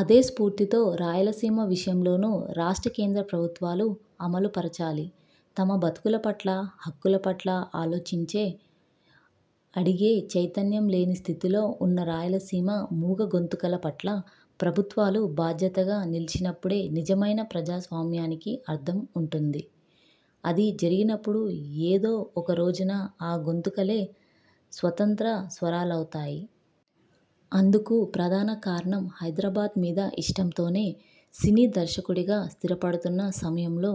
అదే స్ఫూర్తితో రాయలసీమ విషయంలోను రాష్ట్ర కేంద్ర ప్రభుత్వాలు అమలుపరచాలి. తమ బతుకుల పట్ల, హక్కుల పట్ల ఆలోచించే; అడిగే చైతన్యంలేని స్థితిలో ఉన్న రాయలసీమ మూగ గొంతుకల పట్ల ప్రభుత్వాలు బాధ్యతగా నిలిచినపుడే నిజమైన ప్రజాస్వామ్యానికి అర్థం ఉంటుంది. అది జరగనపుడు ఏదో ఒకరోజున ఆ గొంతుకలే స్వతంత్ర స్వరాలవుతాయి. అందుకు ప్రధాన కారణం హైదరాబాద్ మీద ఇష్టంతోనే. సినీ దర్శకుడిగా స్థిరపడుతున్న సమయంలో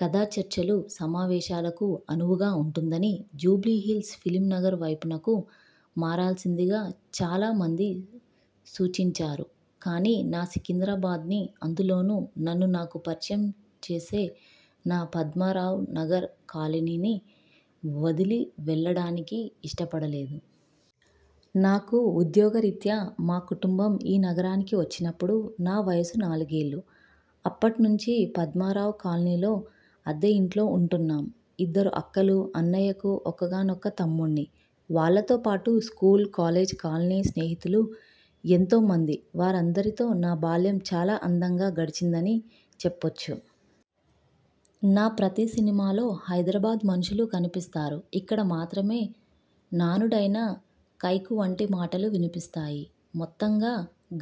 కథాచర్చలు, సమావేశాలకు అనువుగా ఉంటుందని జూబ్లీహిల్స్, ఫిల్మ్నగర్వైపునకు మారాల్సిందిగా చాలా మంది సూచించారు. కానీ నా సికింద్రాబాద్ని, అందులోనూ నన్ను నాకు పరిచయం చేసే నా పద్మారావునగర్ కాలనీ ని వదిలెళ్లడానికి ఇష్టపడలేదు. నాన్న ఉద్యోగరీత్యా మా కుటుంబం ఈ నగరానికి వచ్చినప్పుడు నా వయస్సు నాలుగేళ్లు. అప్పటి నుంచి పద్మారావునగర్కాలనీలో, అదే ఇంట్లో ఉంటున్నాం. ఇద్దరు అక్కలు, అన్నయ్యకు ఒక్కగానొక్క తమ్ముడ్ని. వాళ్లతోపాటు, స్కూలు, కాలేజీ, కాలనీ స్నేహితులు ఎంతో మంది. వారందరితో నా బాల్యం చాలా అందంగా గడిచిందని చెప్పొచ్చు. నా ప్రతి సినిమాలో హైదరాబాద్ మనుషులు కనిపిస్తారు. ఇక్కడ మాత్రమే నానుడైన ''కైకు''వంటి మాటలు వినిపిస్తాయి. మొత్తంగా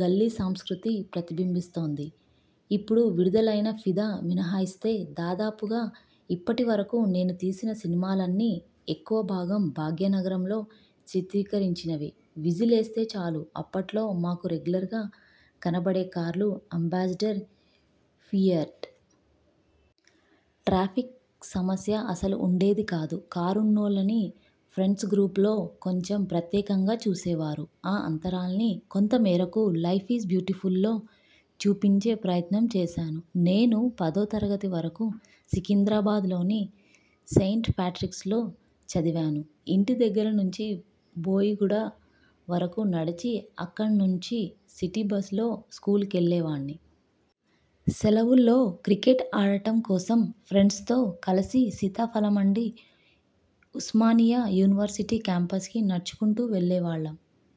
గల్లీ సంస్కృతి ప్రతిబింబిస్తోంది. ఇప్పుడు విడుదలైన ''ఫిదా'' మినహాయిస్తే, దాదాపుగా ఇప్పటి వరకు నేను తీసిన సినిమాలన్నీ ఎక్కువభాగం భాగ్యనగరంలో చిత్రీకరించినవే. విజిల్వేస్తే చాలు అప్పట్లో మాకు రెగ్యులర్గా కనపడే కార్లు అంబాసిడర్, ఫియట్. ట్రాఫిక్ సమస్య అస్సలు ఉండేదికాదు. కారున్నోళ్లని ఫ్రెండ్స్గ్రూ్పలో కొంచెం ప్రత్యేకంగా చూసేవారు. ఆ అంతరాల్ని కొంతమేరకు ''లైఫ్ఈజ్ బ్యూటీఫుల్'' లో చూపించే ప్రయత్నం చేశాను. నేను పదోతరగతి వరకూ సికింద్రాబాద్లోని సెయింట్ పాట్రిక్స్లో చదివాను. ఇంటిదగ్గర నుంచి బోయిగూడ వరకూ నడిచి, అక్కడ నుంచి సిటీబస్సులో స్కూలుకెళ్లేవాడ్ని. సెలవుల్లో క్రికెట్ ఆడటం కోసం ఫ్రెండ్స్తో కలిసిసీతాఫల్మండీ, ఉస్మానియా యూనివర్సిటీ క్యాంప్సకి నడుచుకుంటూ వెళ్లేవాళ్లం.